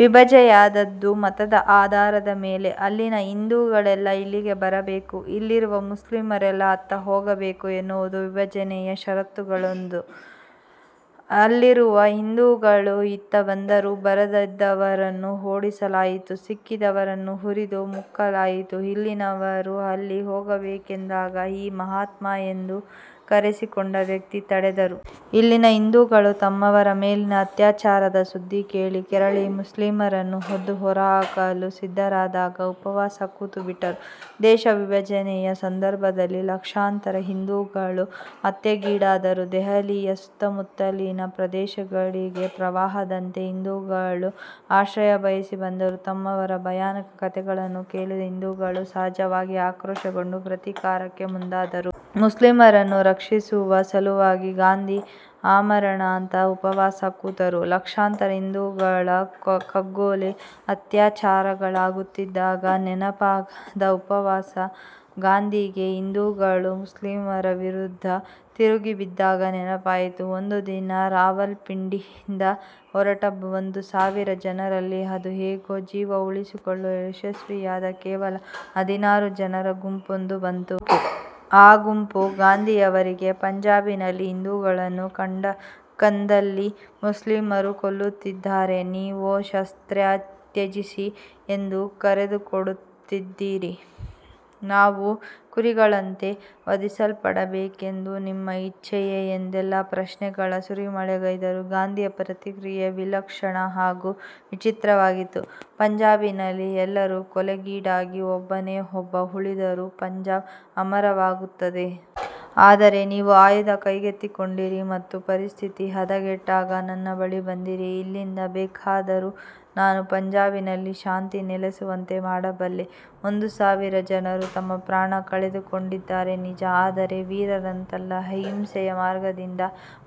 ವಿಭಜನೆಯಾದದ್ದು ಮತದ ಆಧಾರದ ಮೇಲೆ. ಅಲ್ಲಿನ ಹಿಂದೂಗಳೆಲ್ಲಾ ಇಲ್ಲಿಗೆ ಬರಬೇಕು. ಇಲ್ಲಿರುವ ಮುಸ್ಲಿಮರೆಲ್ಲಾ ಅತ್ತ ಹೋಗಬೇಕು ಎನ್ನುವುದೂ ವಿಭಜನೆಯ ಷರತ್ತುಗಳಲ್ಲೊಂದು. ಅಲ್ಲಿರುವ ಹಿಂದೂಗಳು ಇತ್ತ ಬಂದರು. ಬರದಿದ್ದವರನ್ನು ಓಡಿಸಲಾಯಿತು. ಸಿಕ್ಕಿದವರನ್ನು ಹುರಿದು ಮುಕ್ಕಲಾಯಿತು. ಇಲ್ಲಿನವರು ಅಲ್ಲಿ ಹೋಗಬೇಕೆಂದಾಗ ಈ ಮಹಾತ್ಮ ಎಂದು ಕರೆಸಿಕೊಂಡ ವ್ಯಕ್ತಿ ತಡೆದರು. ಇಲ್ಲಿನ ಹಿಂದೂಗಳು ತಮ್ಮವರ ಮೇಲಿನ ಅತ್ಯಾಚಾರದ ಸುದ್ದಿ ಕೇಳಿ ಕೆರಳಿ ಮುಸ್ಲಿಮರನ್ನು ಒದ್ದು ಹೊರಹಾಕಲು ಸಿದ್ಧರಾದಾಗ ಉಪವಾಸ ಕೂತುಬಿಟ್ಟರು. ದೇಶವಿಭಜನೆಯ ಸಂದರ್ಭದಲ್ಲಿ ಲಕ್ಷಾಂತರ ಹಿಂದೂಗಳು ಹತ್ಯೆಗೀಡಾದರು. ದೆಹಲಿಯ ಸುತ್ತಮುತ್ತಲಿನ ಪ್ರದೇಶಗಳಿಗೆ ಪ್ರವಾಹದಂತೆ ಹಿಂದೂಗಳು ಆಶ್ರಯ ಬಯಸಿ ಬಂದರು. ತಮ್ಮವರ ಭಯಾನಕ ಕಥೆಗಳನ್ನು ಕೇಳಿದ ಹಿಂದೂಗಳು ಸಹಜವಾಗಿಯೇ ಆಕ್ರೋಶಗೊಂಡು ಪ್ರತೀಕಾರಕ್ಕೆ ಮುಂದಾದರು. ಮುಸ್ಲಿಮರನ್ನು ರಕ್ಷಿಸುವ ಸಲುವಾಗಿ ಗಾಂಧಿ ಆಮರಣಾಂತ ಉಪವಾಸ ಕೂತರು. ಲಕ್ಷಾಂತರ ಹಿಂದೂಗಳ ಕಗ್ಗೊಲೆ, ಅತ್ಯಾಚಾರಗಳಾಗುತ್ತಿದ್ದಾಗ ನೆನಪಾಗದ ಉಪವಾಸ ಗಾಂಧಿಗೆ ಹಿಂದೂಗಳು ಮುಸ್ಲಿಮರ ವಿರುದ್ಧ ತಿರುಗಿಬಿದ್ದಾಗ ನೆನಪಾಯಿತು! ಒಂದು ದಿನ ರಾವಲ್ಪಿಂಡಿಯಿಂದ ಹೊರಟ ಒಂದು ಸಾವಿರ ಜನರಲ್ಲಿ ಅದು ಹೇಗೋ ಜೀವ ಉಳಿಸಿಕೊಳ್ಳಲು ಯಶಸ್ವಿಯಾದ ಕೇವಲ ಹದಿನಾರು ಜನರ ಗುಂಪೊಂದು ಬಂತು. ಅ ಗುಂಪು ಗಾಂಧಿಯವರಿಗೆ " ಪಂಜಾಬಿನಲ್ಲಿ ಹಿಂದೂಗಳನ್ನು ಕಂಡಕಂದಲ್ಲಿ ಮುಸ್ಲಿಮರು ಕೊಲ್ಲುತ್ತಿದ್ದಾರೆ. ನೀವೋ ಶಸ್ತ್ರ ತ್ಯಜಿಸಿ ಎಂದು ಕರೆಕೊಡುತ್ತಿದ್ದೀರಿ. ನಾವು ಕುರಿಗಳಂತೆ ವಧಿಸಲ್ಪಡಬೇಕೆಂದು ನಿಮ್ಮ ಇಚ್ಛೆಯೇ? " ಎಂದೆಲ್ಲಾ ಪ್ರಶ್ನೆಗಳ ಸುರಿಮಳೆಗೈದರು. ಗಾಂಧಿಯ ಪ್ರತಿಕ್ರಿಯೆ ವಿಲಕ್ಷಣ ಹಾಗೂ ವಿಚಿತ್ರವಾಗಿತ್ತು. "ಪಂಜಾಬಿನಲ್ಲಿ ಎಲ್ಲರೂ ಕೊಲೆಗೀಡಾಗಿ ಒಬ್ಬನೇ ಒಬ್ಬ ಉಳಿದರೂ ಪಂಜಾಬ್ ಅಮರವಾಗುತ್ತದೆ. ಆದರೆ ನೀವು ಆಯುಧ ಕೈಗೆತ್ತಿಕೊಂಡಿರಿ ಮತ್ತು ಪರಿಸ್ಥಿತಿ ಹದಗೆಟ್ಟಾಗ ನನ್ನ ಬಳಿ ಬಂದಿರಿ. ಇಲ್ಲಿಂದ ಬೇಕಾದರೂ ನಾನು ಪಂಜಾಬಿನಲ್ಲಿ ಶಾಂತಿ ನೆಲೆಸುವಂತೆ ಮಾಡಬಲ್ಲೆ. ಒಂದು ಸಾವಿರ ಜನರು ತಮ್ಮ ಪ್ರಾಣ ಕಳೆದುಕೊಂಡಿದ್ದಾರೆ ನಿಜ. ಆದರೆ ವೀರರಂತಲ್ಲ. ಅಹಿಂಸೆಯ ಮಾರ್ಗದಿಂದ,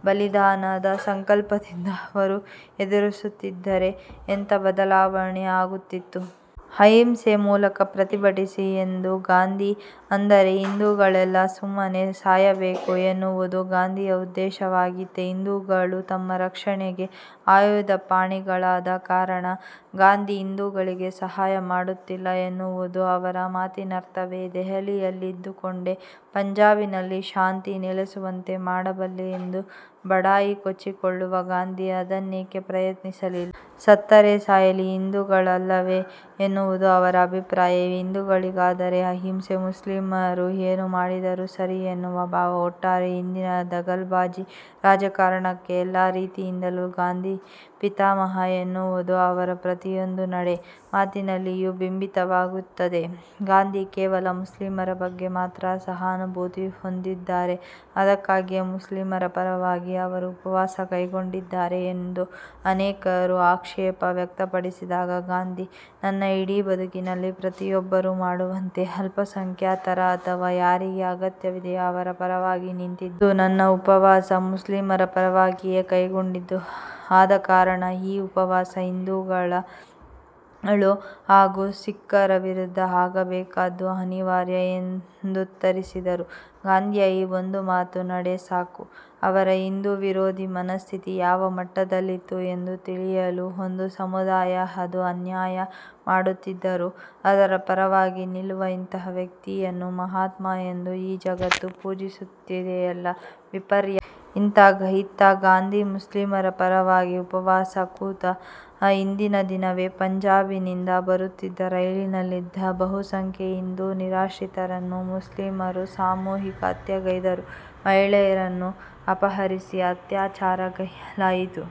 ಬಲಿದಾನದ ಸಂಕಲ್ಪದಿಂದ ಅವರು ಎದುರಿಸುತ್ತಿದ್ದರೆ ಎಂಥ ಬದಲಾವಣೆ ಆಗುತ್ತಿತ್ತು. ಅಹಿಂಸೆ ಮೂಲಕ ಪ್ರತಿಭಟಿಸಿ" ಎಂದರು ಗಾಂಧಿ.. ಅಂದರೆ ಹಿಂದೂಗಳೆಲ್ಲಾ ಸುಮ್ಮನೆ ಸಾಯಬೇಕು ಎನ್ನುವುದು ಗಾಂಧಿಯ ಉದ್ದೇಶವಾಗಿತ್ತೇ? ಹಿಂದೂಗಳು ತಮ್ಮ ರಕ್ಷಣೆಗೆ ಆಯುಧಪಾಣಿಗಳಾದ ಕಾರಣ ಗಾಂಧಿ ಹಿಂದೂಗಳಿಗೆ ಸಹಾಯ ಮಾಡುತ್ತಿಲ್ಲ ಎನ್ನುವುದು ಅವರ ಮಾತಿನರ್ಥವೇ? ದೆಹಲಿಯಲ್ಲಿದ್ದುಕೊಂಡೇ ಪಂಜಾಬಿನಲ್ಲಿ ಶಾಂತಿ ನೆಲೆಸುವಂತೆ ಮಾಡಬಲ್ಲೆ ಎಂದು ಬಡಾಯಿಕೊಚ್ಚಿಕೊಳ್ಳುವ ಗಾಂಧಿ ಅದನ್ನೇಕೆ ಪ್ರಯತ್ನಿಸಲಿಲ್ಲ. ಸತ್ತರೆ ಸಾಯಲಿ, ಹಿಂದೂಗಳಲ್ಲವೇ ಎನ್ನುವುದು ಅವರ ಅಭಿಪ್ರಾಯವೇ? ಹಿಂದೂಗಳಿಗಾದರೆ ಅಹಿಂಸೆ, ಮುಸ್ಲಿಮರು ಏನು ಮಾಡಿದರೂ ಸರಿ ಎನ್ನುವ ಭಾವ! ಒಟ್ಟಾರೆ ಇಂದಿನ ದಗಲ್ಬಾಜಿ ರಾಜಕಾರಣಕ್ಕೆ ಎಲ್ಲಾ ರೀತಿಯಿಂದಲೂ ಗಾಂಧಿಯೇ ಪಿತಾಮಹ ಎನ್ನುವುದು ಅವರ ಪ್ರತಿಯೊಂದು ನಡೆ, ಮಾತಿನಲ್ಲಿಯೂ ಬಿಂಬಿತವಾಗುತ್ತದೆ. ಗಾಂಧಿ ಕೇವಲ ಮುಸ್ಲಿಮರ ಬಗ್ಗೆ ಮಾತ್ರ ಸಹಾನುಭೂತಿ ಹೊಂದಿದ್ದಾರೆ, ಅದಕ್ಕಾಗಿಯೇ ಮುಸ್ಲಿಮರ ಪರವಾಗಿ ಅವರು ಉಪವಾಸ ಕೈಗೊಂಡಿದ್ದಾರೆ ಎಂದು ಅನೇಕರು ಆಕ್ಷೇಪ ವ್ಯಕ್ತಪಡಿಸಿದಾಗ ಗಾಂಧಿ, "ನನ್ನ ಇಡೀ ಬದುಕಿನಲ್ಲಿ ಪ್ರತಿಯೊಬ್ಬರೂ ಮಾಡುವಂತೆ ಅಲ್ಪಸಂಖ್ಯಾತರ ಅಥವಾ ಯಾರಿಗೆ ಅಗತ್ಯವಿದೆಯೋ ಅವರ ಪರವಾಗಿ ನಿಂತಿದ್ದೇನೆ. ಹೌದು ನನ್ನ ಉಪವಾಸ ಮುಸ್ಲಿಮರ ಪರವಾಗಿಯೇ ಕೈಗೊಂಡಿದ್ದು. ಆದಕಾರಣ ಈ ಉಪವಾಸ ಹಿಂದೂಗಳು ಹಾಗೂ ಸಿಖ್ಖರ ವಿರುದ್ಧ ಆಗಬೇಕಾದ್ದು ಅನಿವಾರ್ಯ" ಎಂದುತ್ತರಿಸಿದರು.. ಗಾಂಧಿಯ ಈ ಒಂದು ಮಾತು-ನಡೆ ಸಾಕು, ಅವರ ಹಿಂದೂ ವಿರೋಧಿ ಮನಸ್ಥಿತಿ ಯಾವ ಮಟ್ಟದಲ್ಲಿತ್ತು ಎಂದು ತಿಳಿಯಲು. ಒಂದು ಸಮುದಾಯ ಅದು ಅನ್ಯಾಯ ಮಾಡುತ್ತಿದ್ದರೂ, ಅದರ ಪರವಾಗಿ ನಿಲ್ಲುವ ಇಂತಹ ವ್ಯಕ್ತಿಯನ್ನು ಮಹಾತ್ಮ ಎಂದು ಈ ಜಗತ್ತು ಪೂಜಿಸುತ್ತಿದೆಯಲ್ಲ, ವಿಪರ್ಯಾಸ! ಇತ್ತ ಗಾಂಧಿ ಮುಸ್ಲಿಮರ ಪರವಾಗಿ ಉಪವಾಸ ಕೂತ ಹಿಂದಿನ ದಿನವೇ ಪಂಜಾಬಿನಿಂದ ಬರುತ್ತಿದ್ದ ರೈಲಿನಲ್ಲಿದ್ದ ಬಹುಸಂಖ್ಯೆಯ ಹಿಂದೂ ನಿರಾಶ್ರಿತರನ್ನು ಮುಸ್ಲಿಮರು ಸಾಮೂಹಿಕ ಹತ್ಯೆಗೈದರು. ಮಹಿಳೆಯರನ್ನು ಅಪಹರಿಸಿ ಅತ್ಯಾಚಾರಗೈಯ್ಯಲಾಯಿತು.